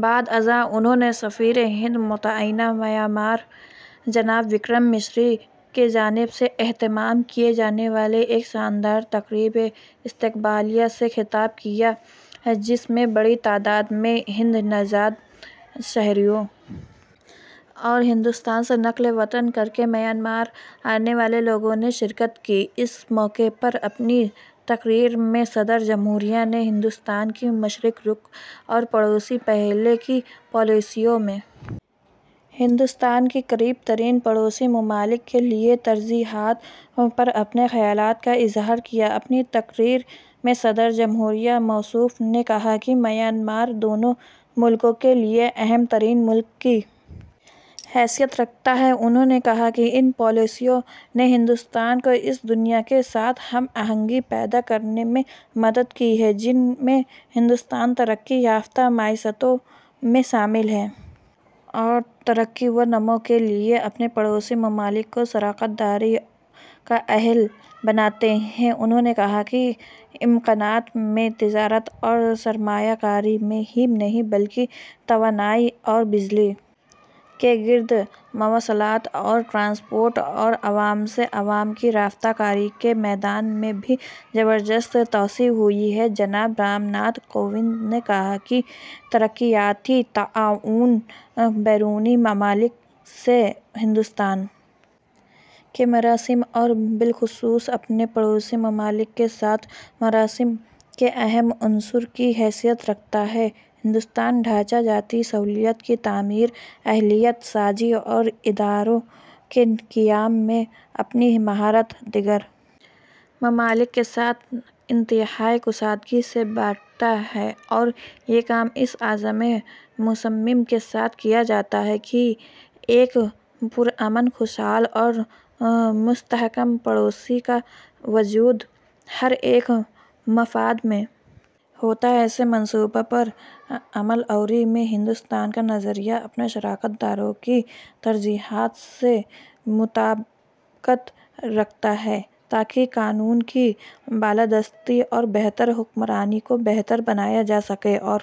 بعد ازاں انہوں نے سفیر ہند متعینہ میانمار جناب وکرم مسری کی جانب سے اہتمام کیے جانے والے ایک شاندار تقریب استقبالیہ سے خطاب کیا جس میں بڑی تعداد میں ہند نژاد شہریوں اور ہندوستان سے نقل وطن کر کے میانمار آنے والے لوگوں نے شرکت کی اس موقع پر اپنی تقریر میں صدر جمہوریہ نے ہندوستان کی مشرق رخ اور پڑوسی پہلے کی پالیسیوں میں ہندوستان کے قریب ترین پڑوسی ممالک کے لیے ترجیحات پر اپنے خیالات کا اظہار کیا اپنی تقریر میں صدر جمہوریہ موصوف نے کہا کہ میانمار دونوں ملکوں کے لیے اہم ترین ملک کی حیثیت رکھتا ہے انہوں نے کہا کہ ان پالیسیوں نے ہندوستان کو اس دنیا کے ساتھ ہم آہنگی پیدا کرنے میں مدد کی ہے جن میں ہندوستان ترقی یافتہ معیشتوں میں شامل ہے اور ترقی و نمو کے لیے اپنے پڑوسی ممالک کو شراکت داری کا اہل بناتے ہیں انہوں نے کہا کہ امکانات میں تجارت اور سرمایہ کاری میں ہی نہیں بلکہ توانائی اور بجلی کے گرڈ مواصلات و ٹرانسپورٹ اور عوام سے عوام کی رابطہ کاری کے میدان میں بھی زبردست توسیع ہوئی ہے جناب رام ناتھ کووند نے کہا کہ ترقیاتی تعاون بیرونی ممالک سے ہندوستان کے مراسم اور بالخصوص اپنے پڑوسی ممالک کے ساتھ مراسم کے اہم عنصر کی حیثیت رکھتا ہے ہندوستان ڈھانچہ جاتی سہولیات کی تعمیر اہلیت سازی اور اداروں کے قیام میں اپنی مہارت دیگر ممالک کے ساتھ انتہائی کشادگی سے بانٹتا ہے اور یہ کام اس عزم مصمم کے ساتھ کیا جاتا ہے کہ ایک پرامن خوشحال اور مستحکم پڑوسی کا وجود ہر ایک کے مفاد میں ہوتا ہے ایسے منصوبوں پر عمل آوری میں ہندوستان کا نظریہ اپنے شراکت داروں کی ترجیحات سے مطابقت رکھتا ہے تاکہ قانون کی بالادستی اور بہتر حکمرانی کو بہتر بنایا جا سکے اور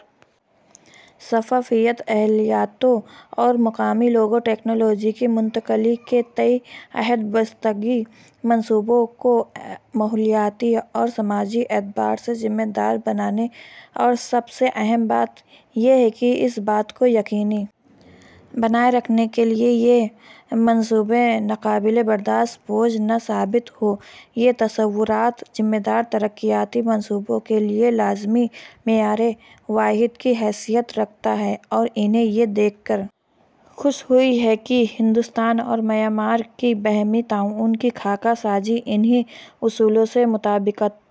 شفافیت اہلیتوں اور مقامی لوگوں ٹیکنالوجی کی منتقلی کے تئیں عہد بستگی منصوبوں کو ماحولیاتی اور سماجی اعتبار سے ذمہ دار بنانے اور سب سے اہم بات یہ کہ اس بات کو یقینی بنائے رکھنے کے لیے کہ یہ منصوبے ناقابل برداشت بوجھ نہ ثابت ہوں یہ تصورات ذمہ دار ترقیاتی منصوبوں کے لیے لازمی معیار واحد کی حیثیت رکھتا ہے اور انہیں یہ دیکھ کر خوشی ہوئی ہے کہ ہندوستان اور میانمار کے باہمی تعاون کی خاکہ سازی انہی اصولوں سے مطابقت